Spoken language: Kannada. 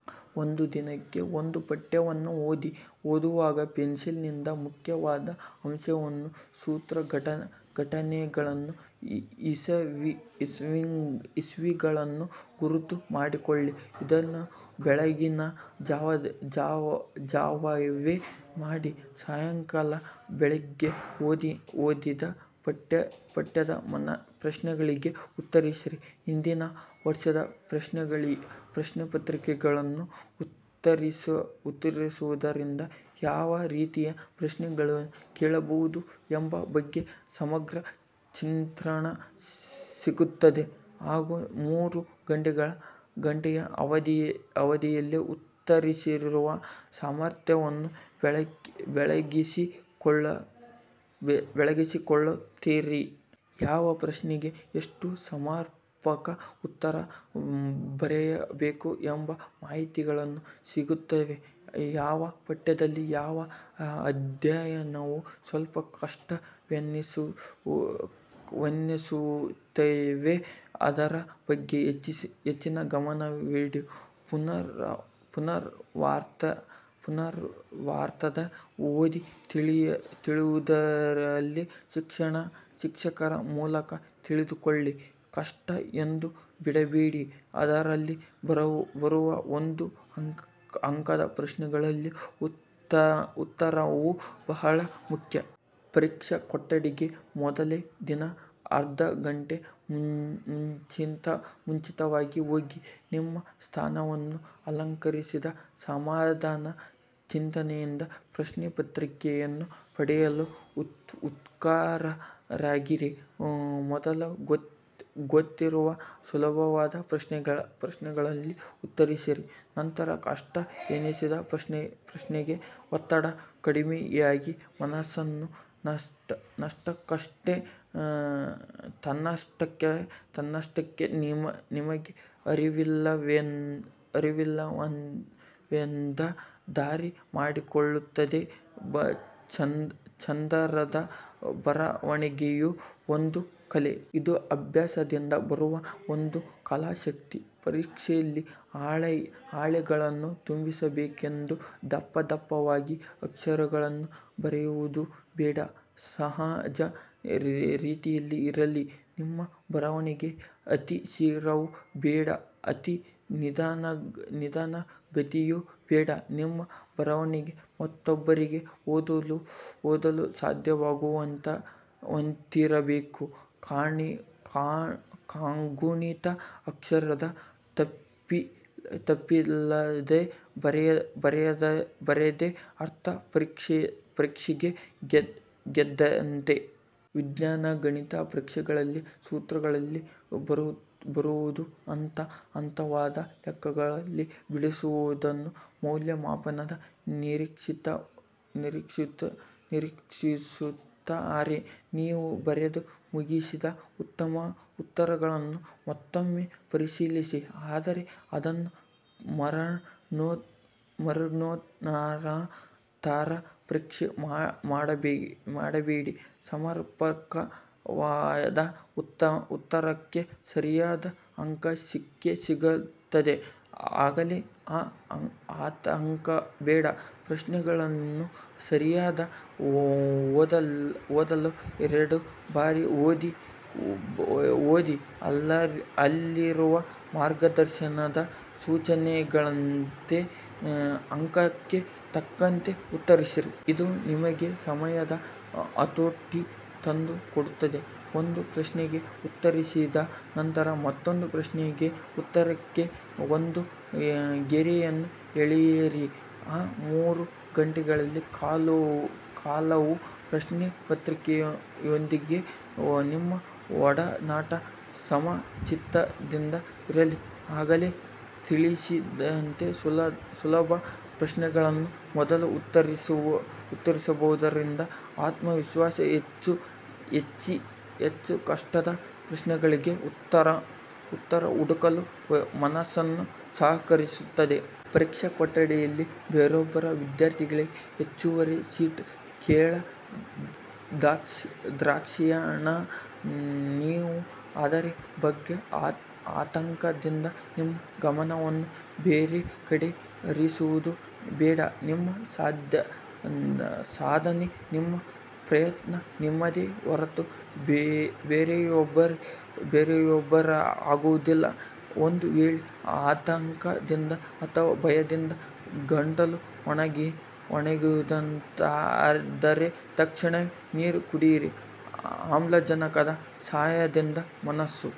ಒಂದು ದಿನಕ್ಕೆ ಒಂದು ಪಠ್ಯವನ್ನು ಓದಿ. ಓದುವಾಗ ಪೆನ್ಸಿಲ್ನಿಂದ ಮುಖ್ಯವಾದ ಅಂಶ, ಸೂತ್ರ, ಘಟನೆಗಳ ಇಸವಿಗಳನ್ನು ಗುರುತು ಮಾಡಿಕೊಳ್ಳಿ. ಇದನ್ನು ಬೆಳಗಿನ ಜಾವವೇ ಮಾಡಿ. ಸಾಯಂಕಾಲ ಬೆಳಿಗ್ಗೆ ಓದಿದ ಪಠ್ಯದ ಪ್ರಶ್ನೆಗಳಿಗೆ ಉತ್ತರಿಸಿ. ಹಿಂದಿನ ವರ್ಷದ ಪ್ರಶ್ನೆಪತ್ರಿಕೆಗಳನ್ನು ಉತ್ತರಿಸುವುದರಿಂದ, ಯಾವ ರೀತಿಯ ಪ್ರಶ್ನೆಗಳನ್ನು ಕೇಳಬಹುದು ಎಂಬ ಬಗ್ಗೆ ಸಮಗ್ರ ಚಿತ್ರಣ ಸಿಗುತ್ತದೆ ಹಾಗೂ ಮೂರು ಗಂಟೆಯ ಅವಧಿಯಲ್ಲೇ ಉತ್ತರಿಸುವ ಸಾಮರ್ಥ್ಯವನ್ನು ಬೆಳೆಸಿಕೊಳ್ಳುತ್ತೀರಿ. ಯಾವ ಪ್ರಶ್ನೆಗೆ ಎಷ್ಟು ಸಮರ್ಪಕ ಉತ್ತರ ಬರೆಯಬೇಕು ಎಂಬ ಮಾಹಿತಿಗಳೂ ಸಿಗುತ್ತವೆ. ಯಾವ ಪಠ್ಯದಲ್ಲಿ ಯಾವ ಅಧ್ಯಾಯವು ಸ್ವಲ್ಪ ಕಷ್ಟವೆನಿಸುತ್ತದೆಯೋ ಅದರ ಬಗ್ಗೆ ಹೆಚ್ಚಿನ ಗಮನವಿಟ್ಟು ಪುನರಾವರ್ತಿ ಓದಿ. ತಿಳಿಯದಿದ್ದಲ್ಲಿ ಶಿಕ್ಷಕರ ಮೂಲಕ ತಿಳಿದುಕೊಳ್ಳಿ. ಕಷ್ಟ ಎಂದು ಬಿಡಬೇಡಿ. ಅದರಲ್ಲಿ ಬರುವ ಒಂದು ಅಂಕದ ಪ್ರಶ್ನೆಯ ಉತ್ತರವೂ ಬಹಳ ಮುಖ್ಯ. ಪರೀಕ್ಷಾ ಕೊಠಡಿಗೆ ಮೊದಲನೇ ದಿನ ಅರ್ಧಗಂಟೆ ಮುಂಚಿತವಾಗಿ ಹೋಗಿ ನಿಮ್ಮ ಸ್ಥಾನವನ್ನು ಅಲಂಕರಿಸಿ ಸಮಾಧಾನ ಚಿತ್ತದಿಂದ ಪ್ರಶ್ನೆಪತ್ರಿಕೆಯನ್ನು ಪಡೆಯಲು ಉತ್ಸುಕರಾಗಿರಿ. ಮೊದಲು ಗೊತ್ತಿರುವ, ಸುಲಭವಾದ ಪ್ರಶ್ನೆಗಳನ್ನು ಉತ್ತರಿಸಿ. ನಂತರ ಕಷ್ಟ ಎನಿಸಿದ ಪ್ರಶ್ನೆಗೆ ಒತ್ತಡ ಕಡಿಮೆಯಾಗಿ ಮನಸ್ಸು ತನ್ನಷ್ಟಕ್ಕೆ ನಿಮಗೆ ಅರಿವಿಲ್ಲದಂತೆ ದಾರಿ ಮಾಡಿಕೊಡುತ್ತದೆ. ಚಂದದ ಬರವಣಿಗೆಯೂ ಒಂದು ಕಲೆ. ಇದು ಅಭ್ಯಾಸದಿಂದ ಬರುವ ಒಂದು ಕಲಾಶಕ್ತಿ. ಪರೀಕ್ಷೆಯಲ್ಲಿ ಹಾಳೆಗಳನ್ನು ತುಂಬಿಸಬೇಕೆಂದು ದಪ್ಪದಪ್ಪವಾಗಿ ಅಕ್ಷರಗಳನ್ನು ಬರೆಯುವುದು ಬೇಡ. ಸಹಜ ರೀತಿಯಲ್ಲಿ ಇರಲಿ ನಿಮ್ಮ ಬರವಣಿಗೆ. ಅತಿ ಶೀಘ್ರವೂ ಬೇಡ ಅತಿ ನಿಧಾನಗತಿಯೂ ಬೇಡ. ನಿಮ್ಮ ಬರವಣಿಗೆ ಮತ್ತೊಬ್ಬರಿಗೆ ಓದಲು ಸಾಧ್ಯವಾಗುವಂತಿರಬೇಕು. ಕಾಗುಣಿತ, ಅಕ್ಷರಗಳು ತಪ್ಪಿಲ್ಲದೇ ಬರೆದರೆ ಅರ್ಧ ಪರೀಕ್ಷೆ ಗೆದ್ದಂತೆ. ವಿಜ್ಞಾನ, ಗಣಿತದ ಪರೀಕ್ಷೆಗಳಲ್ಲಿ ಸೂತ್ರಗಳನ್ನು ಬರೆಯುವುದು ಹಂತ ಹಂತವಾಗಿ ಲೆಕ್ಕಗಳನ್ನು ಬಿಡಿಸುವುದನ್ನು ಮೌಲ್ಯಮಾಪಕರು ನಿರೀಕ್ಷಿಸುತ್ತಾರೆ. ನೀವು ಬರೆದು ಮುಗಿಸಿದ ಉತ್ತರಗಳನ್ನು ಮತ್ತೊಮ್ಮೆ ಪರಿಶೀಲಿಸಿ. ಆದರೆ ಅದರ ಮರಣೋತ್ತರ ಪರೀಕ್ಷೆ ಮಾಡಬೇಡಿ. ಸಮರ್ಪಕವಾದ ಉತ್ತರಕ್ಕೆ ಸರಿಯಾದ ಅಂಕ ಸಿಕ್ಕೇ ಸಿಗುತ್ತದೆ. ಈಗಲೇ ಆ ಆತಂಕಬೇಡ. ಪ್ರಶ್ನೆಗಳನ್ನು ಸರಿಯಾಗಿ ಒಂದಲ್ಲ ಎರಡು ಬಾರಿ ಓದಿ ಅಲ್ಲಿರುವ ಮಾರ್ಗದರ್ಶನದ ಸೂಚನೆಗಳಂತೇ ಅಂಕಕ್ಕೆ ತಕ್ಕಂತೆ ಉತ್ತರಿಸಿ. ಇದು ನಿಮಗೆ ಸಮಯದ ಹತೋಟಿ ತಂದು ಕೊಡುತ್ತದೆ. ಒಂದು ಪ್ರಶ್ನೆಗೆ ಉತ್ತರಿಸಿದ ನಂತರ ಮತ್ತೊಂದು ಪ್ರಶ್ನೆಯ ಉತ್ತರಕ್ಕೆ ಒಂದು ಗೆರೆಯನ್ನು ಎಳೆಯಿರಿ. ಆ ಮೂರೂ ಗಂಟೆಗಳ ಕಾಲವೂ ಪ್ರಶ್ನೆಪತ್ರಿಕೆಯೊಂದಿಗೆ ನಿಮ್ಮ ಒಡನಾಟ ಸಮಚಿತ್ತದಿಂದ ಇರಲಿ. ಆಗಲೇ ತಿಳಿಸಿದಂತೆ ಸುಲಭ ಪ್ರಶ್ನೆಗಳನ್ನು ಮೊದಲು ಉತ್ತರಿಸುವುದರಿಂದ ಆತ್ಮವಿಶ್ವಾಸ ಹೆಚ್ಚಿ ಕಷ್ಟದ ಪ್ರಶ್ನೆಗಳಿಗೆ ಉತ್ತರ ಹುಡುಕಲು ಮನಸ್ಸು ಸಹಕರಿಸುತ್ತದೆ. ಪರೀಕ್ಷಾ ಕೊಠಡಿಯಲ್ಲಿ ಬೇರೊಬ್ಬ ವಿದ್ಯಾರ್ಥಿ ಹೆಚ್ಚುವರಿ ಶೀಟ್ ಕೇಳಿದಾಕ್ಷಣ ನೀವು ಅದರ ಬಗ್ಗೆ ಆತಂಕದಿಂದ ನಿಮ್ಮ ಗಮನವನ್ನು ಬೇರೆಡೆಗೆ ಹರಿಸುವುದು ಬೇಡ. ನಿಮ್ಮ ಸಾಧನೆ ನಿಮ್ಮ ಪ್ರಯತ್ನ ನಿಮ್ಮದೇ ಹೊರತು ಬೇರೆಯವರದಾಗಿರುವುದಿಲ್ಲ. ಒಂದು ವೇಳೆ ಆತಂಕದಿಂದ ಅಥವಾ ಭಯದಿಂದ ಗಂಟಲು ಒಣಗಿದಂತಾದರೆ ತಕ್ಷಣವೇ ನೀರು ಕುಡಿಯಿರಿ. ಆಮ್ಲಜನಕದ ಸಹಾಯದಿಂದ ಮನಸ್ಸು